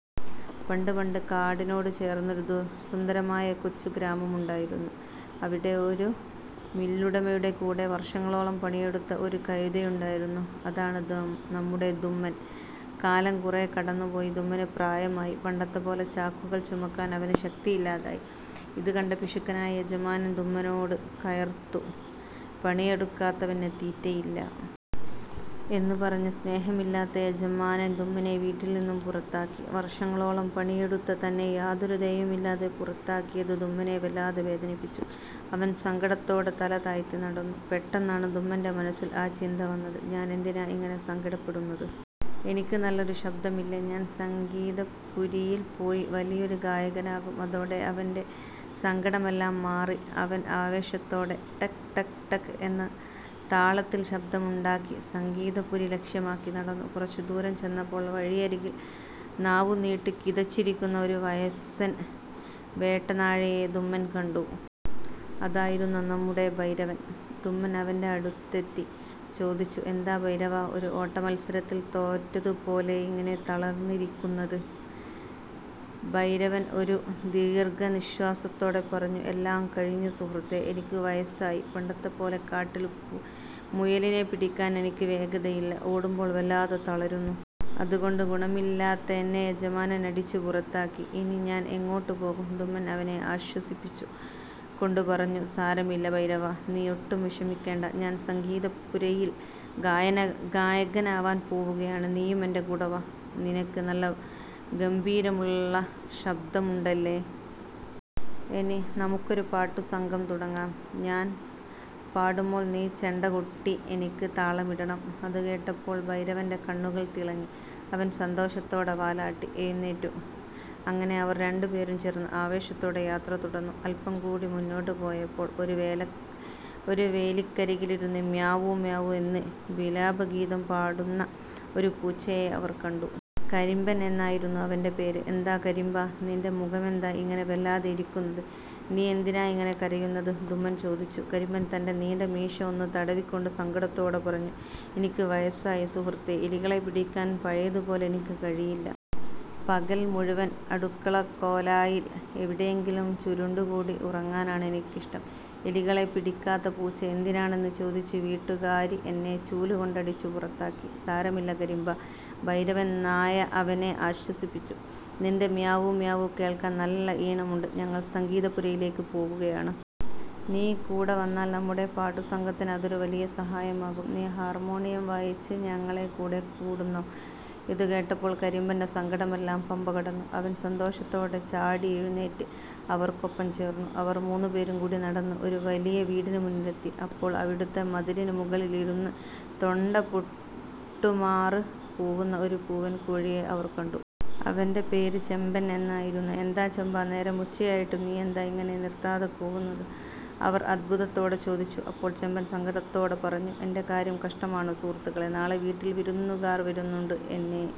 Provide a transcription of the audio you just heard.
പണ്ട് പണ്ട്, കാടിനോട് ചേർന്നൊരു സുന്ദരമായ കൊച്ചു ഗ്രാമമുണ്ടായിരുന്നു. അവിടെ ഒരു മില്ലുടമയുടെ കൂടെ വർഷങ്ങളോളം പണിയെടുത്ത ഒരു കഴുതയുണ്ടായിരുന്നു. അതാണ് നമ്മുടെ ധുമ്മൻ. കാലം കുറേ കടന്നുപോയി, ധുമ്മന് പ്രായമായി. പണ്ടത്തെപ്പോലെ ചാക്കുകൾ ചുമക്കാൻ അവന് ശക്തിയില്ലാതായി. ഇതുകണ്ട പിശുക്കനായ യജമാനൻ ധുമ്മനോട് കയർത്തു "പണിയെടുക്കാത്തവന് തീറ്റയില്ല! " എന്ന് പറഞ്ഞു സ്നേഹമില്ലാത്ത യജമാനൻ ധുമ്മനെ വീട്ടിൽ നിന്നും പുറത്താക്കി. വർഷങ്ങളോളം പണിയെടുത്ത തന്നെ യാതൊരു ദയയുമില്ലാതെ പുറത്താക്കിയത് ധുമ്മനെ വല്ലാതെ വേദനിപ്പിച്ചു. അവൻ സങ്കടത്തോടെ തല താഴ്ത്തി നടന്നു. പെട്ടെന്നാണ് ധുമ്മന്റെ മനസ്സിൽ ആ ചിന്ത വന്നത്. "ഞാൻ എന്തിനാ ഇങ്ങനെ സങ്കടപ്പെടുന്നത്? എനിക്ക് നല്ലൊരു ശബ്ദമില്ലേ? ഞാൻ സംഗീതപുരിയിൽ പോയി വലിയൊരു ഗായകനാകും! " അതോടെ അവന്റെ സങ്കടമെല്ലാം മാറി. അവൻ ആവേശത്തോടെ 'ടക്-ടക്-ടക്' എന്ന് താളത്തിൽ ശബ്ദമുണ്ടാക്കി സംഗീതപുരി ലക്ഷ്യമാക്കി നടന്നു. കുറച്ചു ദൂരം ചെന്നപ്പോൾ വഴിയരികിൽ നാവുനീട്ടി കിതച്ചിരിക്കുന്ന ഒരു വയസ്സൻ വേട്ടനായയെ ധുമ്മൻ കണ്ടു. അതായിരുന്നു നമ്മുടെ ഭൈരവൻ. ധുമ്മൻ അവന്റെ അടുത്തെത്തി ചോദിച്ചു, "എന്താ ഭൈരവാ, ഒരു ഓട്ടമത്സരത്തിൽ തോറ്റതു പോലെ ഇങ്ങനെ തളർന്നിരിക്കുന്നത്? " ഭൈരവൻ ഒരു ദീർഘനിശ്വാസത്തോടെ പറഞ്ഞു, "എല്ലാം കഴിഞ്ഞു സുഹൃത്തേ! എനിക്ക് വയസ്സായി. പണ്ടത്തെപ്പോലെ കാട്ടിൽ മുയലിനെ പിടിക്കാൻ എനിക്ക് വേഗതയില്ല. ഓടുമ്പോൾ വല്ലാതെ തളരുന്നു. അതുകൊണ്ട് ഗുണമില്ലാത്ത എന്നെ യജമാനൻ അടിച്ചു പുറത്താക്കി. ഇനി ഞാൻ എങ്ങോട്ട് പോകും? " ധുമ്മൻ അവനെ ആശ്വസിപ്പിച്ചു കൊണ്ട് പറഞ്ഞു, "സാരമില്ല ഭൈരവാ, നീ ഒട്ടും വിഷമിക്കേണ്ട! ഞാൻ സംഗീതപുരയിൽ ഗായകനാകാൻ പോകുകയാണ്. നീയും എന്റെ കൂടെ വാ. നിനക്ക് നല്ല ഗംഭീര്യമുള്ള ശബ്ദമുണ്ടല്ലോ. നമുക്കൊരു പാട്ടുസംഘം തുടങ്ങാം. ഞാൻ പാടുമ്പോൾ നീ ചെണ്ട കൊട്ടി എനിക്ക് താളമിടണം. " അതുകേട്ടപ്പോൾ ഭൈരവന്റെ കണ്ണുകൾ തിളങ്ങി. അവൻ സന്തോഷത്തോടെ വാലാട്ടി എഴുന്നേറ്റു. അങ്ങനെ അവർ രണ്ടുപേരും ചേർന്ന് ആവേശത്തോടെ യാത്ര തുടർന്നു. അല്പം കൂടി മുന്നോട്ട് പോയപ്പോൾ ഒരു വേലിക്കരികിലിരുന്ന് 'മ്യാവൂ… മ്യാവൂ… ' എന്ന് വിലാപഗീതം പാടുന്ന ഒരു പൂച്ചയെ അവർ കണ്ടു. കരിമ്പൻ എന്നായിരുന്നു അവന്റെ പേര്. "എന്താ കരിമ്പാ, നിന്റെ മുഖമെന്താ ഇങ്ങനെ വല്ലാതെ ഇരിക്കുന്നത്? നീ എന്തിനാ ഇങ്ങനെ കരയുന്നത്? " ധുമ്മൻ ചോദിച്ചു. കരിമ്പൻ തന്റെ നീണ്ട മീശ ഒന്ന് തടവിക്കൊണ്ട് സങ്കടത്തോടെ പറഞ്ഞു: "എനിക്ക് വയസ്സായി സുഹൃത്തേ. എലികളെ പിടിക്കാൻ പഴയതുപോലെ എനിക്ക് കഴിയില്ല. പകൽ മുഴുവൻ അടുക്കളക്കോലായിൽ എവിടെയെങ്കിലും ചുരുണ്ടുകൂടി ഉറങ്ങാനാണ് എനിക്കിഷ്ടം. എലികളെ പിടിക്കാത്ത പൂച്ച എന്തിനാണെന്ന് ചോദിച്ച് വീട്ടുകാരി എന്നെ ചൂലുകൊണ്ട് അടിച്ചു പുറത്താക്കി. " "സാരമില്ല കരിമ്പാ," ഭൈരവൻ നായ അവനെ ആശ്വസിപ്പിച്ചു. "നിന്റെ മ്യാവൂ.. മ്യാവൂ.. കേൾക്കാൻ നല്ല ഈണമുണ്ട്. ഞങ്ങൾ സംഗീതപുരിയിലേക്ക് പോവുകയാണ്. നീ കൂടെ വന്നാൽ നമ്മുടെ പാട്ടുസംഘത്തിന് അതൊരു വലിയ സഹായമാകും. നീ ഹാർമോണിയം വായിച്ച് ഞങ്ങളെ കൂടെ കൂടുന്നോ? " ഇതുകേട്ടപ്പോൾ കരിമ്പന്റെ സങ്കടമെല്ലാം പമ്പകടന്നു! അവൻ സന്തോഷത്തോടെ ചാടിയെഴുന്നേറ്റ് അവർക്കൊപ്പം ചേർന്നു. അവർ മൂന്നുപേരും കൂടി നടന്ന് ഒരു വലിയ വീടിന് മുന്നിലെത്തി. അപ്പോൾ, അവിടുത്തെ മതിലിന് മുകളിൽ ഇരുന്ന് തൊണ്ട പൊട്ടുമാറ് കൂവുന്ന ഒരു പൂവൻകോഴിയെ അവർ കണ്ടു. അവന്റെ പേര് ചെമ്പൻ എന്നായിരുന്നു. "എന്താ ചെമ്പാ, നേരം ഉച്ചയായിട്ടും നീയെന്താ ഇങ്ങനെ നിർത്താതെ കൂവുന്നത്? " അവർ അത്ഭുതത്തോടെ ചോദിച്ചു. അപ്പോൾ ചെമ്പൻ സങ്കടത്തോടെ പറഞ്ഞു: "എന്റെ കാര്യം കഷ്ടമാണ് സുഹൃത്തുക്കളേ! നാളെ വീട്ടിൽ വിരുന്നുകാർ വരുന്നുണ്ട്. എന്നെ